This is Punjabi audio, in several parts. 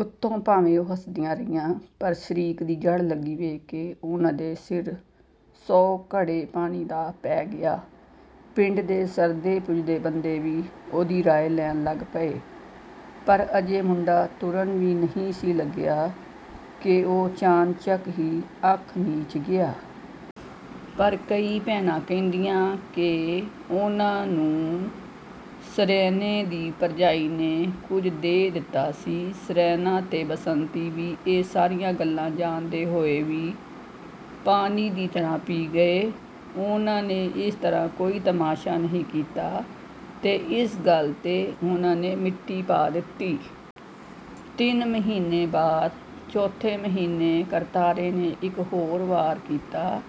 ਉਤੋਂ ਭਾਵੇਂ ਉਹ ਹੱਸਦੀਆਂ ਰਹੀਆਂ, ਪਰ ਸ਼ਰੀਕ ਦੀ ਜੜ੍ਹ ਲੱਗੀ ਵੇਖ ਕੇ ਉਹਨਾਂ ਦੇ ਸਿਰ ਸੌ ਘੜੇ ਪਾਣੀ ਦਾ ਪੈ ਗਿਆ। ਪਿੰਡ ਦੇ ਸਰਦੇ-ਪੁੱਜਦੇ ਬੰਦੇ ਵੀ ਉਹਦੀ ਰਾਏ ਲੈਣ ਲੱਗ ਪਏ। ਪਰ ਅਜੇ ਮੁੰਡਾ ਤੁਰਨ ਵੀ ਨਹੀਂ ਸੀ ਲੱਗਿਆ ਕਿ ਉਹ ਚਾਣਚੱਕ ਹੀ ਅੱਖਾਂ ਮੀਚ ਗਿਆ। ਪਰ ਕਈ ਭੈਣਾਂ ਕਹਿੰਦੀਆਂ ਕਿ ਉਨਾ ਨੂੰ ਸਰੈਣੇ ਦੀ ਭਰਜਾਈ ਨੇ ਕੁਝ ਦੇ ਦਿੱਤਾ ਸੀ। ਸਰੈਣਾ ਤੇ ਬਸੰਤੀ ਵੀ ਇਹ ਸਾਰੀਆਂ ਗੱਲਾਂ ਜਾਣਦੇ ਹੋਏ ਵੀ ਪਾਣੀ ਦੀ ਤਰ੍ਹਾਂ ਪੀ ਗਏ। ਉਹਨਾਂ ਨੇ ਇਸ ਤਰ੍ਹਾਂ ਕੋਈ ਤਮਾਸ਼ਾ ਨਹੀਂ ਕੀਤਾ ਤੇ ਇਸ ਗੱਲ ਤੇ ਉਹਨਾਂ ਨੇ ਮਿੱਟੀ ਪਾ ਦਿੱਤੀ। ਤਿੰਨ ਮਹੀਨੇ ਬਾਅਦ, ਚੌਥੇ ਮਹੀਨੇ ਕਰਤਾਰੇ ਨੇ ਇੱਕ ਹੋਰ ਵਾਰ ਕੀਤਾ।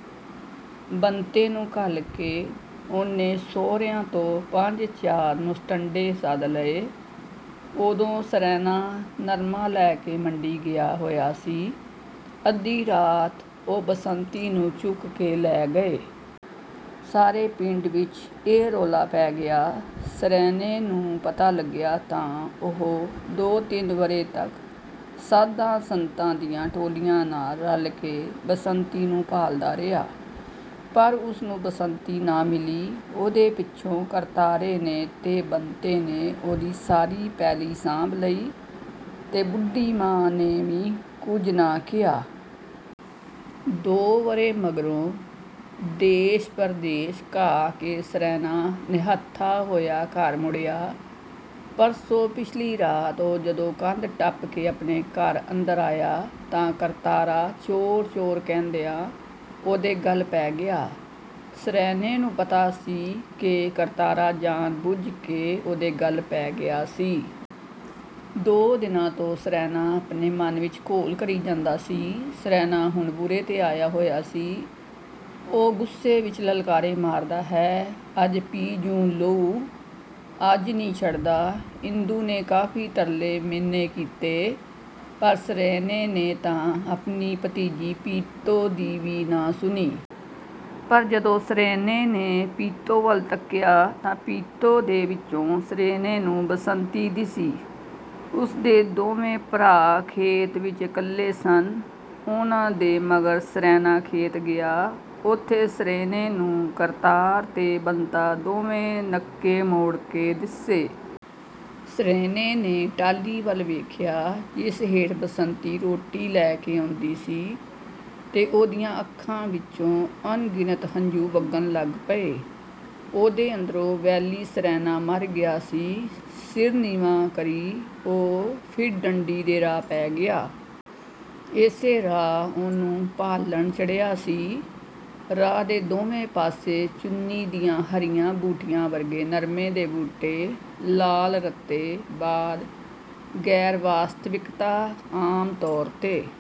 ਬੰਤੇ ਨੂੰ ਘੱਲ ਕੇ ਉਹਨੇ ਸਹੁਰਿਆਂ ਤੋਂ ਪੰਜ-ਚਾਰ ਮੁਸ਼ਟੰਡੇ ਸੱਦ ਲਏ। ਉਦੋਂ ਸਰੈਣਾ ਨਰਮਾ ਲੈ ਕੇ ਮੰਡੀ ਗਿਆ ਹੋਇਆ ਸੀ। ਅੱਧੀ ਰਾਤ ਉਹ ਬਸੰਤੀ ਨੂੰ ਚੁੱਕ ਕੇ ਲੈ ਗਏ। ਸਾਰੇ ਪਿੰਡ ਵਿੱਚ ਇਹ ਰੌਲਾ ਪੈ ਗਿਆ। ਸਰੈਣੇ ਨੂੰ ਪਤਾ ਲੱਗਿਆ, ਤਾਂ ਉਹ ਦੋ-ਤਿੰਨ ਵਰ੍ਹੇ ਤੱਕ ਸਾਧਾਂ-ਸੰਤਾਂ ਦੀਆਂ ਟੋਲੀਆਂ ਨਾਲ ਰਲ ਕੇ ਬਸੰਤੀ ਨੂੰ ਭਾਲਦਾ ਰਿਹਾ। ਪਰ ਉਸਨੂੰ ਬਸੰਤੀ ਨਾ ਮਿਲੀ। ਉਹਦੇ ਪਿੱਛੋਂ ਕਰਤਾਰੇ ਨੇ ਤੇ ਬੰਤੇ ਨੇ ਉਹਦੀ ਸਾਰੀ ਪੈਲੀ ਸਾਂਭ ਲਈ ਤੇ ਬੁੱਢੀ ਮਾਂ ਨੇ ਵੀ ਕੁਝ ਨਾ ਕਿਹਾ। ਦੋ ਵਰ੍ਹੇ ਮਗਰੋਂ ਦੇਸ਼-ਪਰਦੇਸ ਘਾਹ ਕੇ ਸਰੈਣਾ ਨਿਹੱਥਾ ਹੋਇਆ ਘਰ ਮੁੜਿਆ। ਭਰਸੋਂ ਪਿਛਲੀ ਰਾਤ ਉਹ ਜਦੋਂ ਕੰਧ ਟੱਪ ਕੇ ਆਪਣੇ ਘਰ ਅੰਦਰ ਆਇਆ ਤਾਂ ਕਰਤਾਰਾ 'ਚੋਰ-ਚੋਰ' ਕਹਿੰਦਿਆਂ ਉਹਦੇ ਗੱਲ ਪੈ ਗਿਆ। ਸਰੈਣੇ ਨੂੰ ਪਤਾ ਸੀ ਕਿ ਕਰਤਾਰਾ ਜਾਣ-ਬੁੱਝ ਕੇ ਉਹਦੇ ਗੱਲ ਪੈ ਗਿਆ ਸੀ। ਦੋ ਦਿਨਾਂ ਤੋਂ ਸਰੈਣਾ ਆਪਣੇ ਮਨ ਵਿੱਚ ਘੋਲ ਕਰੀ ਜਾਂਦਾ ਸੀ। ਸਰੈਣਾ ਹੁਣ ਬੁਰੇ ਤੇ ਆਇਆ ਹੋਇਆ ਸੀ। ਉਹ ਗੁੱਸੇ ਵਿੱਚ ਲਲਕਾਰੇ ਮਾਰਦਾ ਹੈ, 'ਅੱਜ ਪੀ-ਜੂੰ ਲਹੂ, ਅੱਜ ਨ੍ਹੀਂ ਛੱਡਦਾ।' ਇੰਦੋ ਨੇ ਕਾਫ਼ੀ ਤਰਲੇ-ਮਿਹਣੇ ਕੀਤੇ, ਪਰ ਸਰੈਣੇ ਨੇ ਤਾਂ ਆਪਣੀ ਭਤੀਜੀ ਪੀਤੋ ਦੀ ਵੀ ਨਾ ਸੁਣੀ। ਪਰ ਜਦੋਂ ਸਰੈਣੇ ਨੇ ਪੀਤੋ ਵੱਲ ਤੱਕਿਆ ਤਾਂ ਪੀਤੋ ਦੇ ਵਿੱਚੋਂ ਸਰੈਣੇ ਨੂੰ ਬਸੰਤੀ ਦਿਸੀ। ਉਸਦੇ ਦੋਵੇਂ ਭਰਾ ਖੇਤ ਵਿੱਚ ਇਕੱਲੇ ਸਨ। ਉਹਨਾਂ ਦੇ ਮਗਰ ਸਰੈਣਾ ਖੇਤ ਗਿਆ। ਉੱਥੇ ਸਰੈਣੇ ਨੂੰ ਕਰਤਾਰ ਤੇ ਬੰਤਾ ਦੋਵੇਂ ਨੱਕੇ ਮੋੜ ਕੇ ਦਿੱਸੇ। ਸਰੈਣੇ ਨੇ ਟਾਹਲੀ ਵੱਲ ਵੇਖਿਆ, ਜਿਸ ਹੇਠ ਬਸੰਤੀ ਰੋਟੀ ਲੈ ਕੇ ਆਉਂਦੀ ਸੀ। ਤੇ ਉਹਦੀਆਂ ਅੱਖਾਂ ਵਿੱਚੋਂ ਅਣਗਿਣਤ ਹੰਝੂ ਵਗਣ ਲੱਗ ਪਏ। ਉਹਦੇ ਅੰਦਰੋਂ ਵੈਲੀ ਸਰੈਣਾ ਮਰ ਗਿਆ ਸੀ। ਸਿਰ ਨੀਵਾਂ ਕਰੀ ਉਹ ਫਿਰ ਡੰਡੀ ਦੇ ਰਾਹ ਪੈ ਗਿਆ। ਇਸੇ ਰਾਹ ਉਹਨੂੰ ਭਾਲਣ ਚੜ੍ਹਿਆ ਸੀ। ਰਾਹ ਦੇ ਦੋਵੇਂ ਪਾਸੇ ਚੁੰਨੀ ਦੀਆਂ ਹਰੀਆਂ ਬੂਟੀਆਂ ਵਰਗੇ ਨਰਮੇ ਦੇ ਬੂਟੇ ਲਾਲ-ਰੱਤੇ। ਬਾਦ, ਗੈਰ-ਵਾਸਤਵਿਕਤਾ, ਆਮਤੌਰ ਤੇ